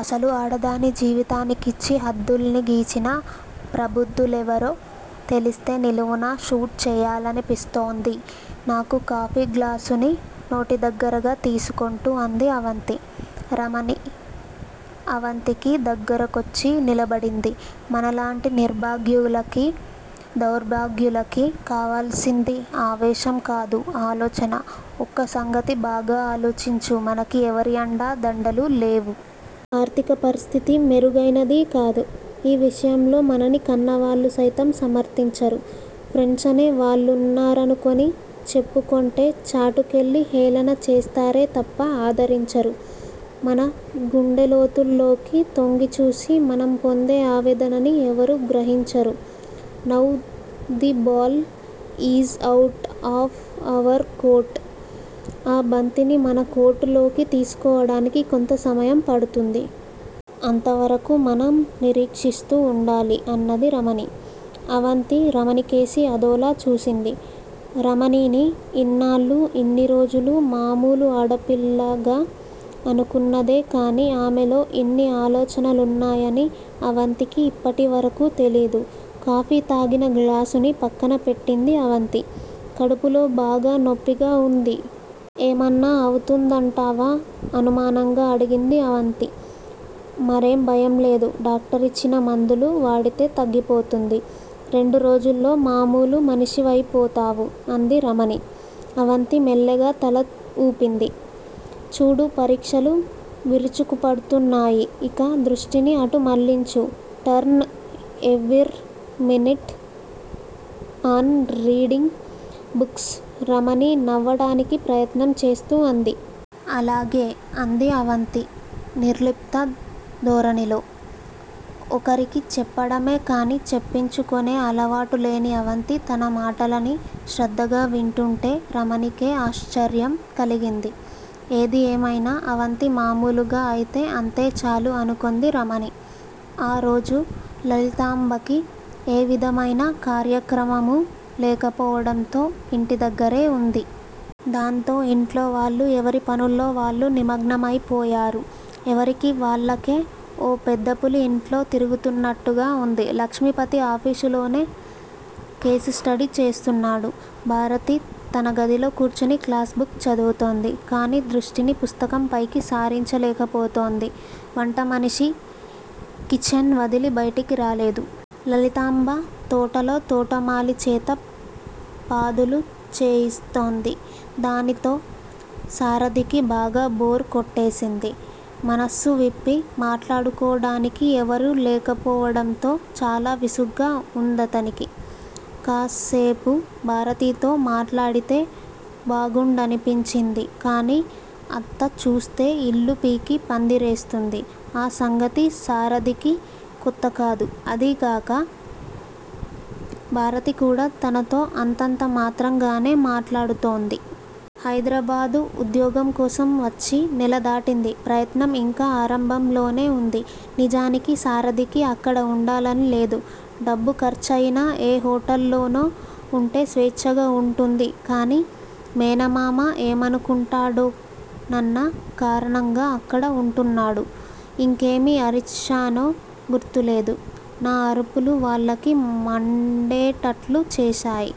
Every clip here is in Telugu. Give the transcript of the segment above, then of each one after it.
అసలు ఆడదాని జీవితానికిచ్చి హద్దుల్ని గీచిన ప్రబుద్ధులెవరో తెలిస్తే నిలువునా షూట్ చెయ్యాలనిపిస్తోంది. నాకు కాఫీ గ్లాసుని నోటి దగ్గరగా తీసుకొంటూ అంది అవంతి. రమణి అవంతికి దగ్గరకొచ్చి నిలబడింది. మనలాంటి నిర్భాగ్యులకీ, దౌర్భాగ్యులకీ కావల్సింది ఆవేశం కాదు ఆలోచన. ఒక్క సంగతి బాగా ఆలోచించు. మనకి ఎవరి అండ దండలూ లేవు. ఆర్థిక పరిస్థితి మెరుగైనదీకాదు. ఈ విషయంలో మనని కన్నవాళ్ళు సైతం సమర్థించరు. ఫ్రెండ్సనే వాళ్ళున్నారనుకొని చెప్పుకొంటే చాటుకెళ్ళి హేళనచేస్తారే తప్ప ఆదరించరు. మన గుండెలోతుల్లోకి తొంగిచూసి మనం పొందే ఆవేదనని ఎవరూ గ్రహించరు. Now the ball is out of our court, ఆ బంతిని మన కోర్టులోకి తీసుకోడానికి కొంత సమయం పడుతుంది. అంతవరకూ మనం నిరీక్షిస్తూ వుండాలి అన్నది రమణి. అవంతి రమణికేసి అదోలా చూసింది. రమణిని ఇన్నాళ్ళూ, ఇన్ని రోజులూ, మామూలు ఆడపిల్లగా అనుకున్నదే కానీ ఆమెలో ఇన్ని ఆలోచనలున్నాయని అవంతికి ఇప్పటివరకూ తెలీదు. కాఫీ తాగిన గ్లాసుని పక్కన పెట్టింది అవంతి. కడుపులో బాగా నొప్పిగా వుంది. ఏమన్నా అవుంతుందంటావా? అనుమానంగా అడిగింది అవంతి. మరేం భయంలేదు. డాక్టరిచ్చిన మందులు వాడితే తగ్గిపోతుంది. రెండు రోజుల్లో మామూలు మనిషివైపోతావు అంది రమణి. అవంతి మెల్లగా తల వూపింది. చూడు, పరీక్షలు విరుచుకుపడుతున్నాయి. ఇక దృష్టిని అటు మళ్ళించు. Turn every minute on reading books Ramani నవ్వడానికి ప్రయత్నం చేస్తూ అంది. అలాగే! అంది అవంతి నిర్లిప్త ధోరణిలో. ఒకరికి చెప్పడమే కానీ చెప్పించుకొనే అలవాటులేని అవంతి తన మాటలని శ్రద్ధగా వింటూంటే రమణికే ఆశ్చర్యం కలిగింది. ఏది ఏమైనా 'అవంతి' మామూలుగా అయితే అంతేచాలు అనుకొంది రమణి. ఆ రోజు లలితాంబకి ఏ విధమైన కార్యక్రమమూ లేకపోవడంతో ఇంటి దగ్గరే వుంది. దాంతో ఇంట్లోవాళ్ళు ఎవరి పనుల్లో వాళ్ళు నిమగ్నమయిపోయారు ఎవరికి వాళ్ళకే ఓ పెద్దపులి ఇంట్లో తిరుగుతున్నట్టుగా ఉంది. లక్ష్మిపతి ఆఫీసులోనే కేసు స్టడీ చేస్తున్నాడు. భారతి తన గదిలో కూర్చుని క్లాస్ బుక్ చదువుతోంది. కానీ దృష్టిని పుస్తకం పైకి సారించలేకపోతోంది. వంటమనిషి కిచెన్ వదిలి బయటికి రాలేదు. లలితాంబ తోటలో తోటమాలిచేత పాదులు చేయిస్తోంది. దానితో సారధికి బాగా బోరు కొట్టేసింది. మనస్సు విప్పి మాట్లాడుకోడానికి ఎవరూ లేకపోవడంతో చాలా విసుగ్గా ఉందతనికి. కాస్సేపు భారతితో మాట్లాడితే బాగుండుననిపించింది కానీ 'అత్త' చూస్తే ఇల్లు పీకి పందిరేస్తుంది. ఆ సంగతి సారథికి కొత్తకాదు. అదీగాక భారతి కూడా తనతో అంతంత మాత్రంగానే మాట్లాడుతోంది. హైదరాబాదు ఉద్యోగం కోసం వచ్చి నెల దాటింది. ప్రయత్నం ఇంకా ఆరంభంలోనే వుంది. నిజానికి సారథికి అక్కడ ఉండాలని లేదు. డబ్బు ఖర్చయినా ఏ హోటల్లోనో ఉంటే స్వేచ్ఛగా ఉంటుంది. కానీ, మేనమామ ఏమనుకుంటాడోనన్న కారణంగా అక్కడ ఉంటున్నాడు. ఇంకేమి అరిచానో గుర్తులేదు. నా అరుపులు వాళ్ళకి మండేటట్లు చేశాయి.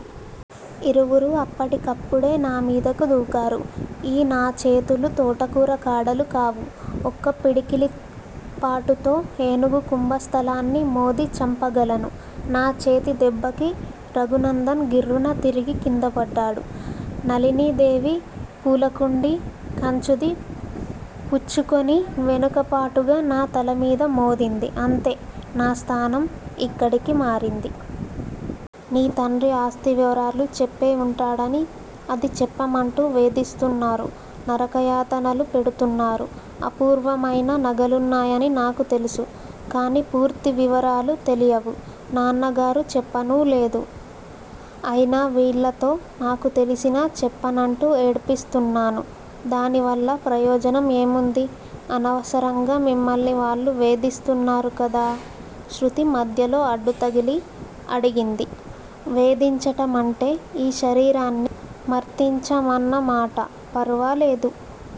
ఇరువురూ అప్పటి కప్పుడే నామీదకు దూకారు. ఈ నాచేతులు తోటకూర కాడలు కావు. ఒక్క పిడికిలిపోటుతో ఏనుగు కుంభస్థలాన్ని మోది చంపగలను. నా చేతి దెబ్బకి రఘునందన్ గిర్రున తిరిగి కిందపడ్డాడు. నళినీదేవి పూలకుండీ కంచుది పుచ్చుకుని వెనుకపాటుగా నా తలమీద మోదింది. అంతే, నా స్థానం ఇక్కడికి మారింది. నీ తండ్రి ఆస్తి వివరాలు చెప్పేవుంటాడని అది చెప్పమంటూ వేధిస్తూన్నారు. నరకయాతనలు పెడుతున్నారు. అపూర్వమైన నగలున్నాయని నాకు తెలుసు. కానీ పూర్తి వివరాలు తెలియవు. నాన్నగారు చెప్పనూలేదు. అయినా వీళ్ళతో నాకు తెలిసినా చెప్పనంటూ ఏడ్పిస్తున్నాను దానివల్ల ప్రయోజనం ఏముంది. అనవసరంగా మిమ్మల్ని వాళ్ళు వేధిస్తున్నారుకదా? శృతి మధ్యలో అడ్డుతగిలి అడిగింది. వేధించటమంటే ఈ శరీరాన్ని మర్థించమన్నమాట పరవాలేదు